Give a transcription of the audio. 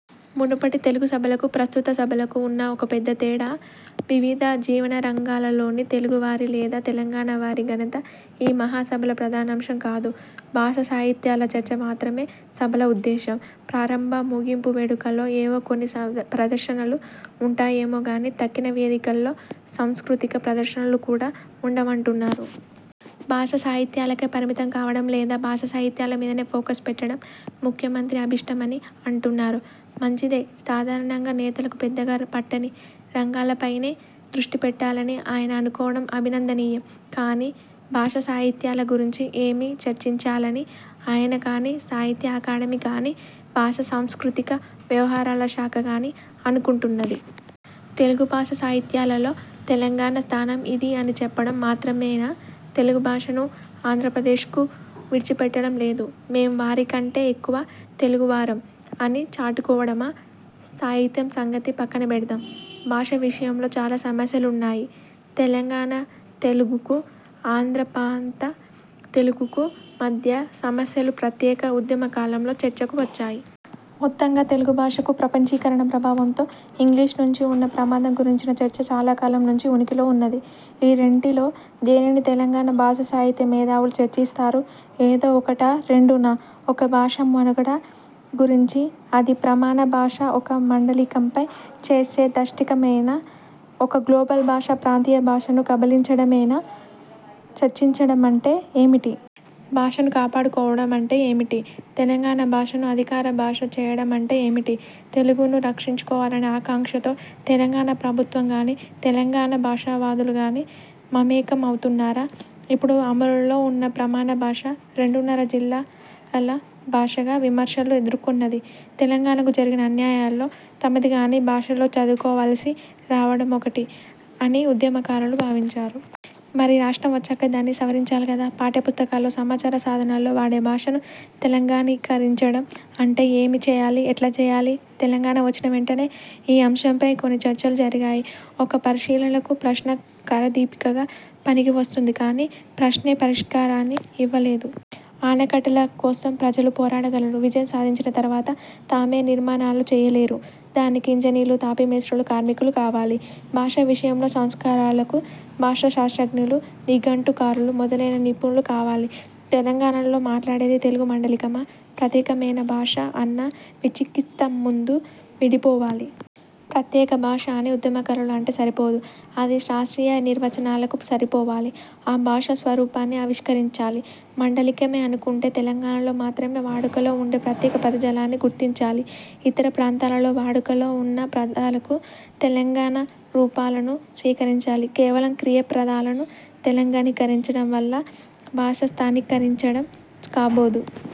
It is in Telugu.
మునుపటి తెలుగు సభలకు, ప్రస్తుత సభలకు ఉన్న ఒక పెద్దతేడా, వివిధ జీవనరంగాలలోని తెలుగు వారి లేదా తెలంగాణ వారి ఘనత ఈ మహాసభల ప్రధానాంశం కాదు. భాషాసాహిత్యాల చర్చ మాత్రమే సభల ఉద్దేశ్యం. ప్రారంభ, ముగింపు వేడుకల్లో ఏవో కొన్ని ప్రదర్శనలు ఉంటాయేమో కానీ, తక్కిన వేదికల్లో సాంస్కృతిక ప్రదర్శనలు కూడా ఉండవంటున్నారు. భాషాసాహిత్యాలకే పరిమితం కావడం లేదా భాషాసాహిత్యాల మీదనే ఫోకస్ పెట్టడం– ముఖ్యమంత్రి అభీష్టమని అంటున్నారు. మంచిదే. సాధారణంగా నేతలకు పెద్దగా పట్టని రంగాలపైనే దృష్టిపెట్టాలని ఆయన అనుకోవడం అభినందనీయం. కానీ, భాషాసాహిత్యాల గురించి ఏమి చర్చించాలని ఆయన కానీ, సాహిత్య అకాడమీ కానీ, భాషాసాంస్కృతిక వ్యవహారాల శాఖ కానీ అనుకుంటున్నది? తెలుగుభాషా సాహిత్యాలలో తెలంగాణ స్థానం ఇదీ అని చెప్పడం మాత్రమేనా, తెలుగు భాషను ఆంధ్రప్రదేశ్కు విడిచిపెట్టడం లేదు, మేం వారి కంటె ఎక్కువ తెలుగువారం అని చాటుకోవడమా? సాహిత్యం సంగతి పక్కనబెడదాం. భాష విషయంలో చాలా సమస్యలున్నాయి. తెలంగాణ తెలుగుకు, ఆంధ్రపాంత తెలుగుకు మధ్య సమస్యలు ప్రత్యేక ఉద్యమకాలంలో చర్చకు వచ్చాయి. మొత్తంగా తెలుగు భాషకు– ప్రపంచీకరణ ప్రభావంతో ఇంగ్లీషు నుంచి ఉన్న ప్రమాదం గురించిన చర్చ చాలాకాలం నుంచి ఉనికిలో ఉన్నది. ఈ రెంటిలో దేనిని తెలంగాణ భాషాసాహిత్య మేధావులు చర్చిస్తారు? ఏదో ఒకటా, రెండూనా? ఒక భాష మనుగడ గురించి, అది ప్రమాణభాష ఒక మండలికంపై చేసే దష్టీకమైనా, ఒక గ్లోబల్ భాష ప్రాంతీయ భాషను కబళించడమెనా, చర్చించడమంటే ఏమిటి? భాషను కాపాడుకోవడమంటే ఏమిటి? 'తెలంగాణ భాష'ను అధికారభాష చేయడమంటే ఏమిటి? తెలుగును రక్షించుకోవాలనే ఆకాంక్షతో తెలంగాణ ప్రభుత్వం కానీ, తెలంగాణ భాషావాదులు కానీ మమేకం అవుతున్నారా? ఇప్పుడు అమలులో ఉన్న ప్రమాణ భాష 'రెండున్నర జిల్లాల' భాషగా విమర్శలు ఎదుర్కొన్నది. తెలంగాణకు జరిగిన అన్యాయాల్లో తమది కాని భాషలో చదువుకోవలసి రావడం ఒకటి అని ఉద్యమకారులు భావించారు. మరి రాష్ట్రం వచ్చాక, దాన్ని సవరించాలి కదా? పాఠ్యపుస్తకాల్లో, సమాచార సాధనాల్లో వాడే భాషను తెలంగాణీకరించడం అంటే ఏమి చేయాలి, ఎట్లా చేయాలి? తెలంగాణ వచ్చిన వెంటనే ఈ అంశంపై కొన్ని చర్చలు జరిగాయి. ఒక పరిశీలనకు ప్రశ్న కరదీపికగా పనికివస్తుంది కానీ, ప్రశ్నే పరిష్కారాన్ని ఇవ్వలేదు. ఆనకట్టల కోసం ప్రజలు పోరాడగలరు, విజయం సాధించిన తరువాత తామే నిర్మాణాలు చేయలేరు. దానికి ఇంజనీర్లు, తాపీమేస్త్రీలు, కార్మికులు కావాలి. భాష విషయంలో సంస్కరాలకు భాషాశాస్త్రజ్ఞులు, నిఘంటుకారులు మొదలైన నిపుణులు కావాలి. తెలంగాణలో మాట్లాడేది తెలుగు మండలికమా? ప్రత్యేకమైన భాషా– అన్న విచికిత్స ముందు విడిపోవాలి. ప్రత్యేకభాష అని ఉద్యమకారులు అంటే సరిపోదు. అది శాస్త్రీయ నిర్వచనాలకు సరిపోవాలి. ఆ భాష స్వరూపాన్ని ఆవిష్కరించాలి. మండలికమే అనుకుంటే, తెలంగాణలో మాత్రమే వాడుకలో ఉండే ప్రత్యేక పదజాలాన్ని గుర్తించాలి. ఇతర ప్రాంతాలలో వాడుకలో ఉన్న పదాలకు తెలంగాణ రూపాలను స్వీకరించాలి. కేవలం క్రియాపదాలను తెలంగాణీకరించడం వల్ల భాష స్థానికరించడం కాబోదు.